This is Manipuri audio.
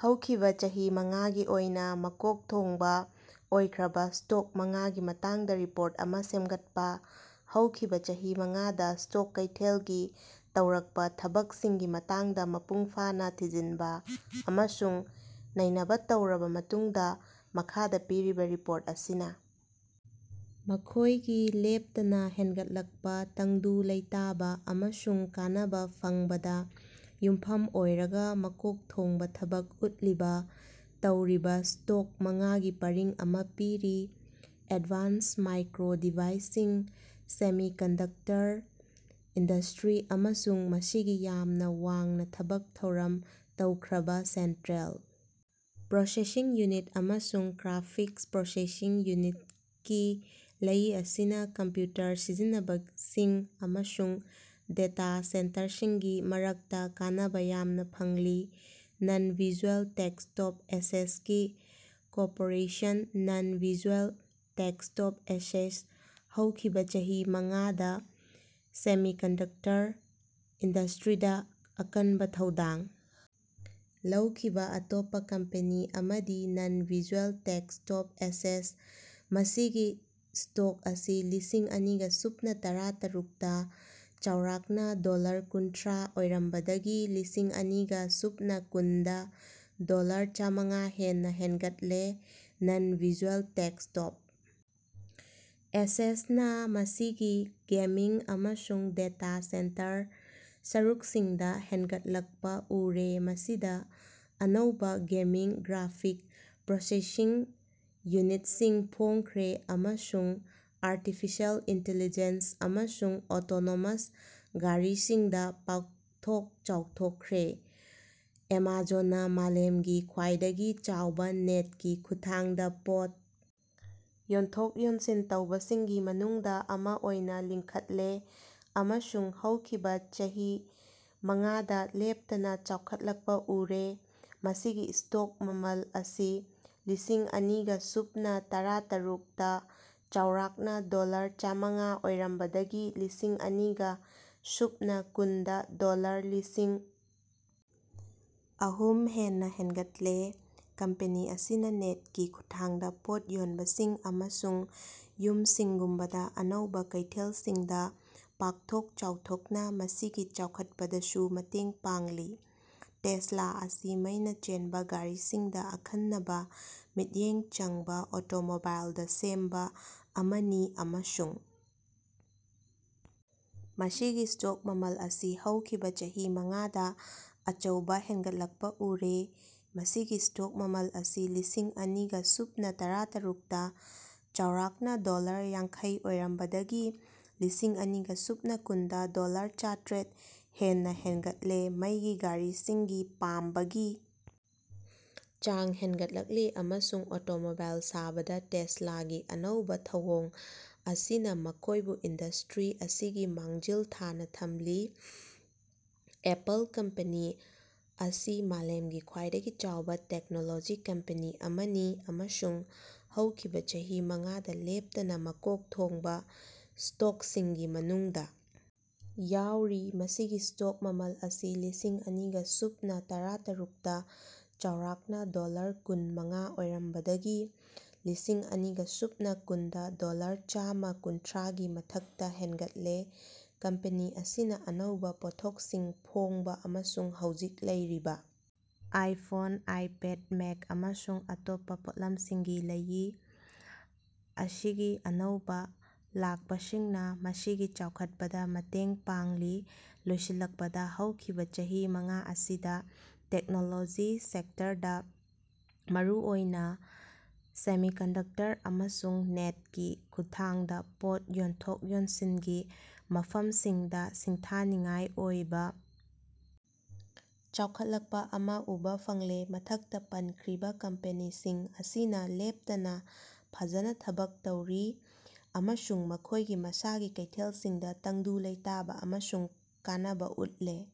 ꯍꯧꯈꯤꯕꯥ ꯆꯍꯤ ꯃꯉꯥꯒꯤ ꯑꯣꯏꯅꯥ ꯃꯀꯣꯛ ꯊꯣꯡꯕꯥ ꯑꯣꯏꯈ꯭ꯔꯥꯕ ꯁ꯭ꯇꯣꯛ ꯃꯉꯥꯒꯤ ꯃꯇꯥꯡꯗ ꯔꯤꯄꯣꯔꯠ ꯑꯃ ꯁꯦꯃꯒꯠꯄ ꯫ ꯍꯧꯈꯤꯕꯥ ꯆꯍꯤ ꯃꯉꯥꯗ ꯁ꯭ꯇꯣꯛ ꯀꯩꯊꯦꯜꯒꯤ ꯇꯧꯔꯛꯄ ꯊꯕꯛꯁꯤꯡꯒꯤ ꯃꯇꯥꯡꯗꯥ ꯃꯄꯨꯡ ꯐꯥꯅꯥ ꯊꯤꯖꯤꯟꯕ ꯑꯃꯁꯨꯡ ꯅꯩꯅꯕ ꯇꯧꯔꯕꯥ ꯃꯇꯨꯡꯗ ꯃꯈꯥꯗ ꯄꯤꯔꯤꯕꯥ ꯔꯤꯄꯣꯔꯠ ꯑꯁꯤꯅꯥ ꯃꯈꯣꯢꯒꯤ ꯂꯦꯞꯇꯅꯥ ꯍꯦꯅꯒꯠꯂꯛꯄ ꯇꯪꯗꯨ ꯂꯩꯇꯥꯕ ꯑꯃꯁꯨꯡ ꯀꯥꯟꯅꯕ ꯐꯪꯕꯗ ꯌꯨꯝꯐꯝ ꯑꯣꯏꯔꯒ ꯃꯀꯣꯛ ꯊꯣꯡꯕ ꯊꯕꯛ ꯎꯠꯂꯤꯕ ꯇꯧꯔꯤꯕꯥ ꯁ꯭ꯇꯣꯛ ꯃꯉꯥꯒꯤ ꯄꯔꯤꯡ ꯑꯃ ꯄꯤꯔꯤ꯫ ꯑꯦꯗꯚꯥꯟꯁ ꯃꯥꯏꯀ꯭ꯔꯣ ꯗꯤꯚꯥꯏꯁꯁꯤꯡ ꯁꯦꯃꯤꯀꯟꯗꯛꯇꯔ ꯏꯟꯗꯁꯇ꯭ꯔꯤ ꯑꯃꯁꯨꯡ ꯃꯁꯤꯒꯤ ꯌꯥꯝꯅ ꯋꯥꯡꯅ ꯊꯕꯛ ꯊꯧꯔꯝ ꯇꯧꯈ꯭ꯔꯕꯥ ꯁꯦꯟꯇ꯭ꯔꯦꯜ ꯄ꯭ꯔꯣꯁꯦꯁꯁꯤꯡ ꯌꯨꯅꯤꯠ ꯑꯃꯁꯨꯡ ꯒ꯭ꯔꯥꯐꯤꯛꯁ ꯄ꯭ꯔꯣꯁꯦꯁꯁꯤꯡ ꯌꯨꯅꯤꯠꯀꯤ ꯂꯩꯏ ꯑꯁꯤꯅꯥ ꯀꯝꯄ꯭ꯌꯨꯇꯔ ꯁꯤꯖꯕꯁꯤꯡ ꯑꯃꯁꯨꯡ ꯗꯦꯇꯥ ꯁꯦꯟꯇꯔꯁꯤꯡꯒꯤ ꯃꯔꯛꯇꯥ ꯀꯥꯟꯅꯕ ꯌꯥꯝꯅꯥ ꯐꯪꯂꯤ꯫ꯅꯟ ꯚꯤꯖ꯭ꯋꯦꯜ ꯇꯦꯛꯁꯇꯣꯞ ꯑꯦꯁꯦꯁ ꯒꯤ corporation non visual desktop access ꯍꯧꯈꯤꯕꯥ ꯆꯍꯤ ꯃꯉꯥꯗ ꯁꯦꯃꯤꯀꯟꯗꯨꯛꯇꯔ ꯏꯟꯗꯁꯇ꯭ꯔꯤꯗ ꯑꯀꯟꯕ ꯊꯧꯗꯥꯡ ꯂꯧꯈꯤꯕꯥ ꯑꯇꯣꯞꯄꯥ ꯀꯝꯄꯦꯅꯤ ꯑꯃꯗꯤ ꯅꯟ ꯚꯤꯖ꯭ꯋꯦꯜ ꯇꯦꯛꯁꯇꯣꯞ ꯑꯦꯁꯦꯁ ꯃꯁꯤꯒꯤ ꯁ꯭ꯇꯣꯛ ꯑꯁꯤ ꯂꯤꯁꯤꯡ ꯑꯅꯤꯒ ꯁꯨꯞꯅ ꯇꯔꯥ ꯇꯔꯨꯛ ꯇꯥ ꯆꯥꯎꯔꯥꯛꯅ ꯗꯣꯂꯔ ꯀꯨꯟꯊ꯭ꯔꯥ ꯑꯣꯏꯔꯝꯕꯗꯒꯤ ꯂꯤꯁꯤꯡ ꯑꯅꯤꯒ ꯁꯨꯞꯅ ꯀꯨꯟꯗꯥ ꯗꯣꯂꯔ ꯆꯥꯃꯉꯥ ꯍꯦꯟꯅ ꯍꯦꯟꯒꯠꯂꯦ ꯫ ꯅꯟ ꯚꯤꯖ꯭ꯋꯦꯜ ꯇꯦꯛꯁꯇꯣꯞ ꯑꯦꯁꯦꯁ ꯅ ꯃꯁꯤꯒꯤ ꯒꯦꯃꯤꯡ ꯑꯃꯁꯨꯡ ꯗꯦꯇꯥ ꯁꯦꯟꯇꯔ ꯁꯔꯨꯛꯁꯤꯡꯗ ꯍꯦꯟꯅꯒꯠꯂꯛꯄꯥ ꯎꯔꯦ ꯃꯁꯤꯗ ꯑꯅꯧꯕꯥ ꯒꯦꯃꯤꯡ ꯒ꯭ꯔꯥꯐꯤꯛ ꯄ꯭ꯔꯣꯁꯦꯁꯁꯤꯡ ꯌꯨꯅꯤꯠꯁꯤꯡ ꯐꯣꯡꯈ꯭ꯔꯦ ꯑꯃꯁꯨꯡ ꯑꯥꯔꯇꯤꯐꯤꯁꯤꯑꯦꯜ ꯏꯟꯇꯤꯂꯤꯖꯦꯟꯁ ꯑꯃꯁꯨꯡ ꯑꯣꯇꯣꯅꯣꯃꯁ ꯒꯥꯔꯤꯁꯤꯡꯗꯥ ꯄꯥꯛꯊꯣꯛ ꯆꯥꯎꯊꯣꯛꯈ꯭ꯔꯦ꯫ ꯑꯦꯃꯥꯖꯣꯟꯅꯥ ꯃꯥꯂꯦꯃꯒꯤ ꯈ꯭ꯋꯥꯏꯗꯒꯤ ꯆꯥꯎꯕꯥ ꯅꯦꯠ ꯀꯤ ꯈꯨꯊꯥꯡꯗ ꯄꯣꯠ ꯌꯣꯟꯊꯣꯛ ꯌꯣꯟꯁꯤꯟ ꯇꯧꯕꯁꯤꯡꯒꯤ ꯃꯅꯨꯡꯗ ꯑꯃ ꯑꯣꯏꯅ ꯂꯤꯡꯈꯠꯂꯦ ꯑꯃꯁꯨꯡ ꯍꯧꯈꯤꯕ ꯆꯍꯤ ꯃꯉꯥꯗ ꯂꯦꯞꯇꯅ ꯆꯥꯎꯈꯠꯂꯛꯄ ꯎꯔꯦ, ꯃꯁꯤꯒꯤ ꯁ꯭ꯇꯣꯛ ꯃꯃꯜ ꯑꯁꯤ ꯂꯤꯁꯤꯡ ꯑꯅꯤꯒ ꯁꯨꯞꯅ ꯇꯔꯥꯇꯔꯨꯛ ꯇ ꯆꯥꯎꯔꯥꯛꯅꯥ ꯗꯣꯂꯔ ꯆꯥꯃꯉꯥ ꯑꯣꯏꯔꯝꯕꯗꯒꯤ ꯂꯤꯁꯤꯡ ꯑꯅꯤꯒ ꯁꯨꯞꯅ ꯀꯨꯟꯗ ꯗꯣꯂꯔ ꯂꯤꯁꯥꯡ ꯑꯍꯨꯝ ꯍꯦꯟꯅꯥ ꯍꯦꯟꯒꯠꯂꯦ꯫ ꯀꯝꯄꯦꯅꯤ ꯑꯁꯤꯅꯥ ꯅꯦꯠ ꯀꯤ ꯈꯨꯊꯥꯡꯗ ꯄꯣꯠ ꯌꯣꯟꯕꯁꯤꯡ ꯑꯃꯁꯨꯡ ꯌꯨꯝꯁꯤꯡꯒꯨꯝꯕꯗ ꯑꯅꯧꯕꯥ ꯀꯩꯊꯦꯜꯁꯤꯡꯗ ꯄꯥꯛꯊꯣꯛ ꯆꯥꯎꯊꯣꯛꯄꯅ ꯃꯁꯤꯒꯤ ꯆꯥꯎꯈꯠꯄꯗꯁꯨ ꯃꯇꯦꯡ ꯄꯥꯡꯂꯤ꯫ ꯇꯦꯁꯂꯥ ꯑꯁꯤ ꯃꯩꯅ ꯆꯦꯟꯕ ꯒꯥꯔꯤꯁꯤꯡꯗ ꯑꯈꯟꯅꯕꯥ ꯃꯤꯠꯌꯦꯡ ꯆꯪꯕꯥ ꯑꯣꯇꯣꯃꯣꯕꯥꯏꯜ ꯗ ꯁꯦꯝꯕ ꯑꯃꯅꯤ ꯑꯃꯁꯨꯡ ꯃꯁꯤꯒꯤ ꯁ꯭ꯇꯣꯛ ꯃꯃꯜ ꯑꯁꯤ ꯍꯧꯈꯤꯕꯥ ꯆꯍꯤ ꯃꯉꯥꯗ ꯑꯆꯧꯕꯥ ꯍꯦꯟꯅꯒꯠꯂꯛꯄ ꯎꯔꯦ꯫ ꯃꯁꯤꯒꯤ ꯁ꯭ꯇꯣꯛ ꯃꯃꯜ ꯑꯁꯤ ꯂꯤꯁꯤꯡ ꯑꯅꯤꯒ ꯁꯨꯞꯅ ꯇꯔꯥꯇꯔꯨꯛꯇ ꯆꯥꯎꯔꯥꯛꯅꯥ ꯗꯣꯂꯔ ꯌꯥꯡꯈꯩ ꯑꯣꯏꯔꯝꯕꯗꯒꯤ ꯂꯤꯁꯤꯡ ꯑꯅꯤꯒ ꯁꯨꯞꯅ ꯀꯨꯟꯗ ꯗꯣꯂꯔ ꯆꯥꯇ꯭ꯔꯦꯠ ꯍꯦꯟꯅꯥ ꯍꯦꯟꯒꯠꯂꯦ ꯃꯩꯒꯤ ꯒꯥꯔꯤꯁꯤꯡꯒꯤ ꯄꯥꯝꯕꯒꯤ ꯆꯥꯡ ꯍꯦꯟꯅꯒꯠꯂꯛꯂꯤ ꯑꯃꯁꯨꯡ ꯑꯣꯇꯣꯃꯣꯕꯥꯏꯜ ꯁꯥꯕꯗ ꯇꯦꯁꯂꯥꯒꯤ ꯑꯅꯧꯕꯥ ꯊꯧꯑꯣꯡ ꯑꯁꯤꯅꯥ ꯃꯈꯣꯢꯕꯨ ꯏꯟꯗꯁꯇ꯭ꯔꯤ ꯑꯁꯤꯒꯤ ꯃꯥꯡꯖꯤꯜ ꯊꯥꯅ ꯊꯝꯂꯤ꯫ ꯑꯦꯄꯜ ꯀꯝꯄꯦꯅꯤ ꯑꯁꯤ ꯃꯥꯂꯦꯝꯒꯤ ꯈ꯭ꯋꯥꯏꯗꯒꯤ ꯆꯥꯎꯕ ꯇꯦꯛꯅꯣꯂꯣꯖꯤ ꯀꯝꯄꯦꯅꯤ ꯑꯃꯅꯤ ꯑꯃꯁꯨꯡ ꯍꯧꯈꯤꯕꯥ ꯆꯍꯤ ꯃꯉꯥꯗ ꯂꯦꯞꯇꯅꯥ ꯃꯀꯣꯛ ꯊꯣꯡꯕꯥ ꯁ꯭ꯇꯣꯛꯁꯤꯡꯒꯤ ꯃꯅꯨꯡꯗꯥ ꯌꯥꯎꯔꯤ꯫ ꯃꯁꯤꯒꯤ ꯁ꯭ꯇꯣꯛ ꯃꯃꯜ ꯑꯁꯤ ꯂꯤꯁꯤꯡ ꯑꯅꯤꯒ ꯁꯨꯞꯅ ꯇꯔꯥꯇꯔꯨꯛꯇꯥ ꯆꯥꯎꯔꯥꯛꯅꯥ ꯗꯣꯂꯔ ꯀꯨꯟ ꯃꯉꯥ ꯑꯣꯏꯔꯝꯕꯗꯒꯤ ꯂꯤꯁꯤꯡ ꯑꯅꯤꯒ ꯁꯨꯞꯅ ꯀꯨꯟ ꯗꯥ ꯗꯣꯂꯔ ꯆꯃꯥ ꯀꯨꯟꯊ꯭ꯔꯥꯒꯤ ꯃꯊꯛꯇ ꯍꯦꯟꯒꯠꯂꯦ ꯫ ꯀꯝꯄꯦꯅꯤ ꯑꯁꯤꯅꯥ ꯑꯅꯧꯕꯥ ꯄꯣꯠꯊꯣꯛꯁꯤꯡ ꯐꯣꯡꯕ ꯑꯃꯁꯨꯡ ꯍꯧꯖꯤꯛ ꯂꯩꯔꯤꯕ ꯑꯥꯏꯐꯣꯟ, ꯑꯥꯏꯄꯦꯗ, ꯃꯦꯛ, ꯑꯃꯁꯨꯡ ꯑꯇꯣꯞꯄ ꯄꯣꯠꯂꯝꯁꯤꯡꯒꯤ ꯂꯩꯏ ꯑꯁꯤꯒꯤ ꯑꯅꯧꯕ ꯂꯥꯛꯄꯁꯤꯡꯅ ꯃꯁꯤꯒꯤ ꯆꯥꯎꯈꯠꯄꯗ ꯃꯇꯦꯡ ꯄꯥꯡꯂꯤ꯫ ꯂꯣꯏꯁꯤꯜꯂꯛꯄꯗ ꯍꯧꯈꯤꯕꯥ ꯆꯍꯤ ꯃꯉꯥ ꯑꯁꯤꯗ ꯇꯦꯛꯅꯣꯂꯣꯖꯤ ꯁꯦꯛꯇꯔꯗꯥ ꯃꯔꯨꯑꯣꯏꯅ ꯁꯦꯃꯤꯀꯟꯗꯛꯇꯔ ꯑꯃꯁꯨꯡ ꯅꯦꯠ ꯀꯤ ꯈꯨꯊꯥꯡꯗ ꯄꯣꯠ ꯌꯣꯟꯊꯣꯛ ꯌꯣꯟꯁꯤꯟꯒꯤ ꯃꯐꯝꯁꯤꯡꯗ ꯁꯤꯡꯊꯥꯅꯤꯡꯉꯥꯏ ꯑꯣꯏꯕꯥ ꯆꯥꯎꯈꯠꯂꯛꯄ ꯑꯃ ꯎꯕ ꯐꯪꯂꯦ꯫ ꯃꯊꯛꯇ ꯄꯟꯈ꯭ꯔꯤꯕ ꯀꯝꯄꯦꯅꯤꯁꯤꯡ ꯑꯁꯤꯅ ꯂꯦꯞꯇꯅ ꯐꯖꯅ ꯊꯕꯛ ꯇꯧꯔꯤ ꯑꯃꯁꯨꯡ ꯃꯈꯣꯢꯒꯤ ꯃꯁꯥꯒꯤ ꯀꯩꯊꯦꯜꯁꯤꯡꯗ ꯇꯪꯗꯨ ꯂꯩꯇꯥꯕ ꯑꯃꯁꯨꯡ ꯀꯥꯟꯅꯕ ꯎꯠꯂꯦ ꯫